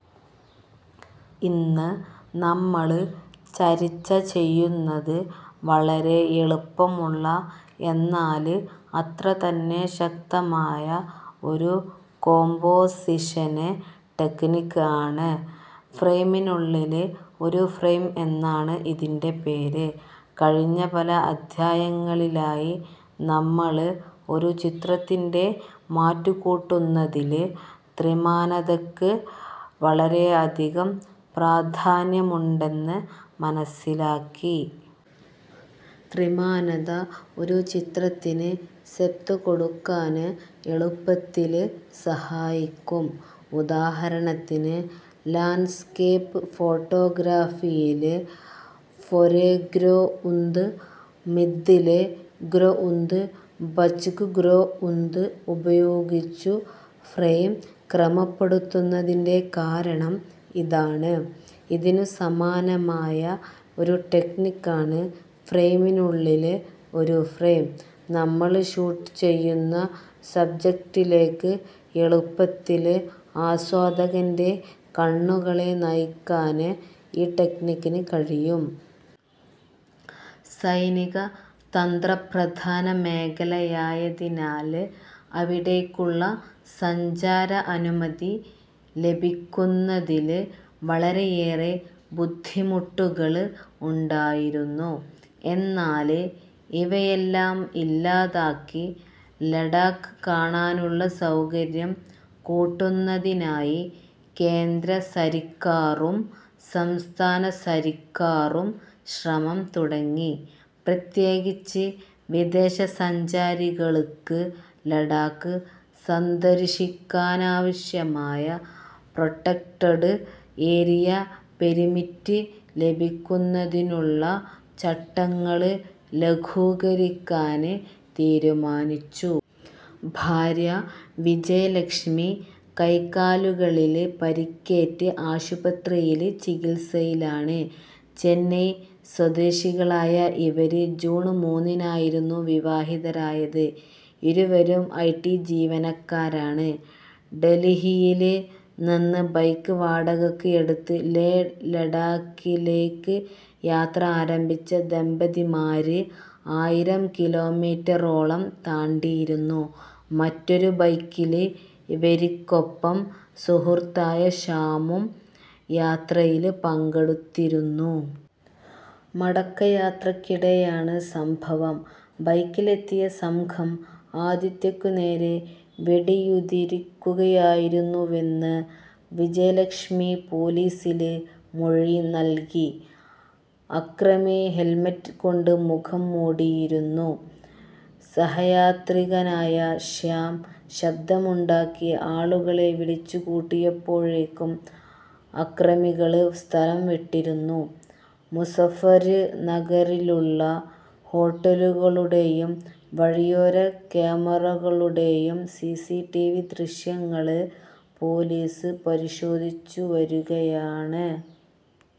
ഇന്ന് നമ്മള് ചര്ച്ച ചെയ്യുന്നത് വളരെ എളുപ്പമുള്ള എന്നാല് അത്ര തന്നെ ശക്തമായ ഒരു കോമ്പോസിഷന് ടെക്നിക് ആണ്. ഫ്രെയിമിനുള്ളില് ഒരു ഫ്രെയിം എന്നാണ് ഇതിന്റെ പേര്. കഴിഞ്ഞ പല അദ്ധ്യായങ്ങളിലായി നമ്മള് ഒരു ചിത്രത്തിന്റെ മാറ്റുകൂട്ടുന്നതില് ത്രിമാനത യ്ക്ക് വളരെ അധികം പ്രാധാന്യമുണ്ടെന്ന് മനസ്സിലാക്കി. ത്രിമാനത ഒരു ചിത്രത്തിന് ഡെപ്ത് കൊടുക്കാന് എളുപ്പത്തില് സഹായിക്കും. ഉദാഹരണത്തിന് ലാന്ഡ്സ്കേപ്പ് ഫോട്ടോഗ്രാഫിയില് ഫൊരെഗ്രൊഉന്ദ്, മിദ്ദ്ലെ ഗ്രൊഉന്ദ്, ബച്ക്ഗ്രൊഉന്ദ് ഉപയോഗിച്ചു ഫ്രെയിം ക്രമപ്പെടുത്തുന്നതിന്റെ കാരണം ഇതാണ്. ഇതിനു സമാനമായ ഒരു ടെക്നിക് ആണ് ഫ്രെയിമിനുള്ളില് ഒരു ഫ്രെയിം. നമ്മള് ഷൂട്ട് ചെയ്യുന്ന സബ്ജക്ടിലേക്ക് എളുപ്പത്തില് ആസ്വാദകന്റെ കണ്ണുകളെ നയിക്കാന് ഈ ടെക്നിക്കിന് കഴിയും. സൈനിക തന്ത്രപ്രധാന മേഖലയായതിനാല് അവിടേക്കുളള സഞ്ചാര അനുമതി ലഭിക്കുന്നതില് വളരെയേറെ ബുദ്ധിമുട്ടുകള് ഉണ്ടായിരുന്നു. എന്നാല് ഇവയെല്ലാം ഇല്ലാതാക്കി ലഡാക്ക് കാണാനുളള സൗകര്യം കൂട്ടുന്നതിനായി കേന്ദ്ര സര്ക്കാറും സംസ്ഥാന സര്ക്കാറും ശ്രമം തുടങ്ങി. പ്രത്യേകിച്ച് വിദേശസഞ്ചാരികള്ക്ക് ലഡാക്ക് സന്ദര്ശിക്കാനാവശ്യമായ പ്രൊട്ടക്ടഡ് ഏരിയ പെര്മിറ്റ് ലഭിക്കുന്നതിനുളള ചട്ടങ്ങള് ലഘൂകരിക്കാന് തീരുമാനിച്ചു. ഭാര്യ വിജയലക്ഷ്മി കൈകാലുകളില് പരിക്കേറ്റ് ആശുപത്രിയില് ചികിത്സയിലാണ്. ചെന്നൈ സ്വദേശികളായ ഇവര് ജൂണ് മൂന്നിനായിരുന്നു വിവാഹിതരായത്. ഇരുവരും ഐടി ജീവനക്കാരാണ്. ഡല്ഹിയില് നിന്ന് ബൈക്ക് വാടകയ്ക്ക് എടുത്ത് ലേ, ലഡാക്കിലേക്ക് യാത്ര ആരംഭിച്ച ദമ്പതിമാര് ആയിരംകിലോമീറ്ററോളം താണ്ടിയിരുന്നു. മറ്റൊരു ബൈക്കില് ഇവര്ക്കൊപ്പം സുഹൃത്തായ ശ്യാമും യാത്രയില് പങ്കെടുത്തിരുന്നു. മടക്കയാത്രയ്ക്കിടെയാണ് സംഭവം. ബൈക്കിലെത്തിയ സംഘം ആദിത്യക്കു നേരെ വെടിയുതിര്ക്കുകയായിരുന്നുവെന്ന് വിജയലക്ഷ്മി പോലീസില് മൊഴി നല്കി. അക്രമി ഹെല്മെറ്റ് കൊണ്ട് മുഖം മൂടിയിരുന്നു. സഹയാത്രികനായ ശ്യാം ശബ്ദമുണ്ടാക്കി ആളുകളെ വിളിച്ചുകൂട്ടിയപ്പോഴേക്കും അക്രമികള് സ്ഥലം വിട്ടിരുന്നു. മുസഫര് നഗറിലുള്ള ഹോട്ടലുകളുടെയും വഴിയോര ക്യാമറകളുടെയും സിസിടിവി ദൃശ്യങ്ങള് പോലീസ് പരിശോധിച്ചുവരികയാണ്.